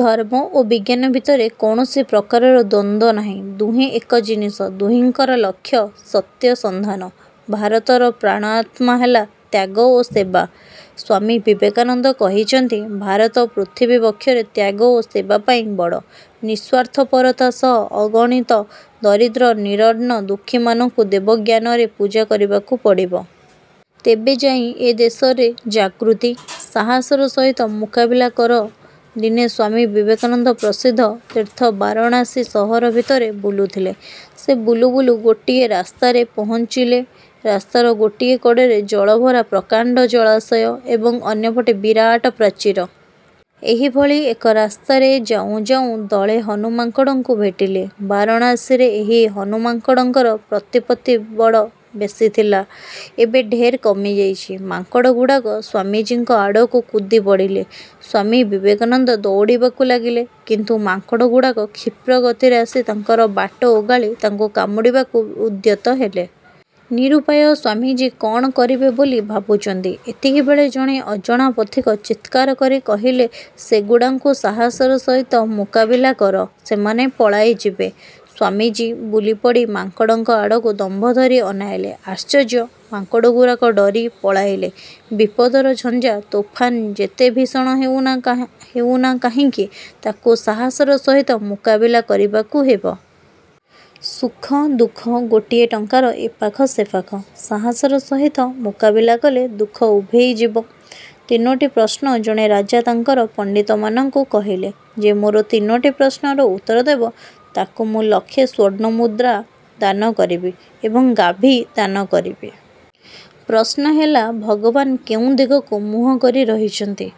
ଧର୍ମ ଓ ବିଜ୍ଞାନ ଭିତରେ କୌଣସି ପ୍ରକାରର ଦ୍ୱନ୍ଦ୍ୱ ନାହିଁ। ଦୁହେଁ ଏକ ଜିନିଷ, ଦୁହିଁଙ୍କର ଲକ୍ଷ୍ୟ-ସତ୍ୟସନ୍ଧାନ। ଭାରତର ପ୍ରାଣ-ଆତ୍ମା ହେଲା ତ୍ୟାଗ ଓ ସେବା। ସ୍ୱାମୀ ବିବେକାନନ୍ଦ କହିଛନ୍ତି, ଭାରତ ପୃଥିବୀବକ୍ଷରେ ତ୍ୟାଗ ଓ ସେବା ପାଇଁ ବଡ଼। ନିଃସ୍ୱାର୍ଥପରତା ସହ ଅଗଣିତ ଦରିଦ୍ର ନିରନ୍ନ ଦୁଃଖୀମାନଙ୍କୁ ଦେବଜ୍ଞାନରେ ପୂଜା କରିବାକୁ ପଡ଼ିବ। ତେବେ ଯାଇଁ ଏ ଦେଶରେ ଜାଗୃତି। ସାହସର ସହିତ ମୁକାବିଲା କର ଦିନେ ସ୍ୱାମୀ ବିବେକାନନ୍ଦ ପ୍ରସିଦ୍ଧ ତୀର୍ଥ ବାରାଣସୀ ସହର ଭିତରେ ବୁଲୁଥିଲେ। ସେ ବୁଲୁ ବୁଲୁ ଗୋଟିଏ ରାସ୍ତାରେ। ପହୁଞ୍ଚିଲେ। ରାସ୍ତାର ଗୋଟିଏ କଡ଼ରେ ଜଳଭରା ପ୍ରକାଣ୍ତ ଜଳାଶୟ ଏବଂ ଅନ୍ୟପଟେ ବିରାଟ ପ୍ରାଚୀର। ଏହିଭଳି ଏକ ରାସ୍ତାରେ ଯାଉଁ ଯାଉଁ ଦଳେ ହନୁମାଙ୍କଡ଼ଙ୍କୁ ଭେଟିଲେ। ବାରାଣସୀରେ ଏହି ହନୁମାଙ୍କଡ଼ମାନଙ୍କର ପ୍ରତିପତ୍ତି ବଡ଼ ବେଶୀ ଥିଲା। ଏବେ ଢେର କମିଯାଇଛି। ମାଙ୍କଡ଼ଗୁଡ଼ାକ ସ୍ୱାମୀଜୀଙ୍କ ଆଡ଼କୁ କୁଦି ପଡ଼ିଲେ। ସ୍ୱାମୀ ବିବେକାନନ୍ଦ ଦୌଡ଼ିବାକୁ ଲାଗିଲେ। କିନ୍ତୁ ମାଙ୍କଡ଼ଗୁଡ଼ାକ କ୍ଷିପ୍ରଗତିରେ ଆସି ତାଙ୍କର ବାଟ ଓଗାଳି ତାଙ୍କୁ କାମୁଡ଼ିବାକୁ ଉଦ୍ୟତ ହେଲେ। ନିରୁପାୟ ସ୍ୱାମୀଜୀ କ'ଣ କରିବେ ବୋଲି ଭାବୁଛନ୍ତି, ଏତିକିବେଳେ ଜଣେ ଅଜଣା ପଥିକ ଚିତ୍କାର କରି କହିଲେ-''ସେଗୁଡ଼ାଙ୍କୁ ସାହସର ସହିତ ମୁକାବିଲା କର, ସେମାନେ ପଳାଇ ଯିବେ। '' ସ୍ୱାମୀଜୀ ବୁଲିପଡ଼ି ମାଙ୍କଡ଼ଙ୍କ ଆଡ଼କୁ ଦମ୍ଭ ଧରି ଅନାଇଲେ। ଆଶ୍ଚର୍ଯ୍ୟ, ମାଙ୍କଡ଼ଗୁଡ଼ାକ ଡରି ପଳାଇଲେ। ବିପଦର ଝଞ୍ଜା-ତୋଫାନ ଯେତେ ଭୀଷଣ ହେଉନା କାହିଁକି, ତାକୁ ସାହସର ସହିତ ମୁକାବିଲା କରିବାକୁ ହେବ। ସୁଖ ଦୁଃଖ ଗୋଟିଏ ଟଙ୍କା'ର ଏପାଖ ସେପାଖ। ସାହସର ସହିତ ମୁକାବିଲା କଲେ ଦୁଃଖ ଉଭେଇ ଯିବ। ତିନୋଟି ପ୍ରଶ୍ନ ଜଣେ ରାଜା ତାଙ୍କର ପଣ୍ତିତମାନଙ୍କୁ କହିଲେ, 'ଯେ ମୋର ତିନୋଟି ପ୍ରଶ୍ନର ଉତ୍ତର ଦେବ, ତାକୁ ମୁଁ ଲକ୍ଷେ ସ୍ୱର୍ଣ୍ଣମୁଦ୍ରା ଦାନ କରିବି ଏବଂ ଗାଭୀ ଦାନ କରିବି। ' ପ୍ରଶ୍ନ ହେଲା-ଭଗବାନ କେଉଁ ଦିଗକୁ ମୁହଁ କରି ରହିଛନ୍ତି?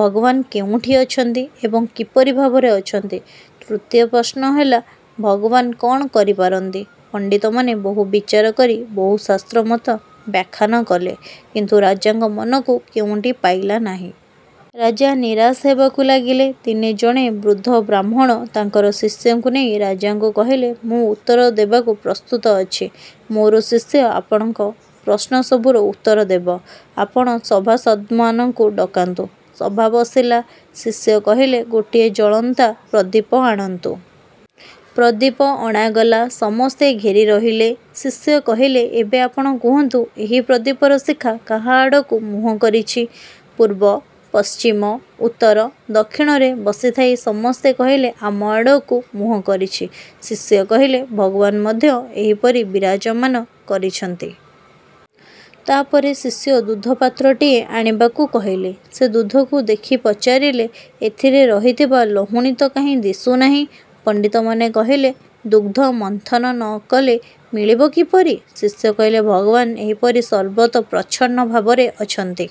ଭଗବାନ କେଉଁଠି ଅଛନ୍ତି ଏବଂ କିପରି ଭାବରେ ଅଛନ୍ତି? ତୃତୀୟ ପ୍ରଶ୍ନ ହେଲା-ଭଗବାନ କ'ଣ କରିପାରନ୍ତି? ପଣ୍ତିତମାନେ ବହୁ ବିଚାର କରି ବହୁ ଶାସ୍ତ୍ରମତ ବ୍ୟାଖ୍ୟାନ କଲେ, କିନ୍ତୁ ରାଜାଙ୍କ ମନକୁ କେଉଁଟି ପାଇଲା ନାହିଁ। ରାଜା ନିରାଶ ହେବାକୁ ଲାଗିଲେ। ଦିନେ ଜଣେ ବୃଦ୍ଧ ବ୍ରାହ୍ମଣ ତାଙ୍କର ଶିଷ୍ୟଙ୍କୁ ନେଇ ରାଜାଙ୍କୁ କହିଲେ, 'ମୁଁ ଉତ୍ତର ଦେବାକୁ ପ୍ରସ୍ତୁତ ଅଛି। ମୋର ଶିଷ୍ୟ ଆପଣଙ୍କ ପ୍ରଶ୍ନସବୁର ଉତ୍ତର ଦେବ। ଆପଣ ସଭାସଦ୍ମାନଙ୍କୁ ଡାକନ୍ତୁ। ' ସଭା ବସିଲା। ଶିଷ୍ୟ କହିଲେ, 'ଗୋଟିଏ ଜଳନ୍ତା ପ୍ରଦୀପ ଆଣନ୍ତୁ। ' ପ୍ରଦୀପ ଅଣାଗଲା। ସମସ୍ତେ ଘେରି ରହିଲେ। ଶିଷ୍ୟ କହିଲେ, 'ଏବେ ଆପଣ କୁହନ୍ତୁ, ଏହି ପ୍ରଦୀପର ଶିଖା କାହା ଆଡ଼କୁ ମୁହଁ କରିଛି? ' ପୂର୍ବ ପଶ୍ଚିମ ଉତ୍ତର ଦକ୍ଷିଣରେ ବସିଥାଇ ସମସ୍ତେ କହିଲେ; 'ଆମ ଆଡ଼କୁ ମୁହଁ କରିଛି। ' ଶିଷ୍ୟ କହିଲେ, 'ଭଗବାନ ମଧ୍ୟ ଏହିପରି ବିରାଜମମାନ କରିଛନ୍ତି। ତା' ପରେ ଶିଷ୍ୟ ଦୁଧପାତ୍ରଟିଏ ଆଣିବାକୁ କହିଲେ। ସେ ଦୁଧକୁ ଦେଖି ପଚାରିଲେ, 'ଏଥିରେ ରହିଥିବା ଲହୁଣୀ ତ କାହିଁ ଦିଶୁନାହିଁ? ' ପଣ୍ତିତମାନେ କହିଲେ, ''ଦୁଗ୍ଧ ମନ୍ଥନ ନ କଲେ ମିଳିବ କିପରି? '' ଶିଷ୍ୟ କହିଲେ, ଭଗବାନ ଏହିପରି ସର୍ବତ୍ର ପ୍ରଚ୍ଛନ୍ନ ଭାବରେ ଅଛନ୍ତି।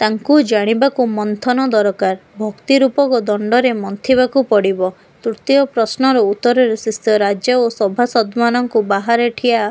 ତାଙ୍କୁ ଜାଣିବାକୁ ମନ୍ଥନ ଦରକାର। ଭକ୍ତିରୂପକ ଦଣ୍ତରେ ମନ୍ଥିବାକୁ ପଡ଼ିବ। ତୃତୀୟ ପ୍ରଶ୍ନର ଉତ୍ତରରେ ଶିଷ୍ୟ ରାଜା ଓ ସଭାସଦ୍ମାନଙ୍କୁ ବାହାରେ ଠିଆ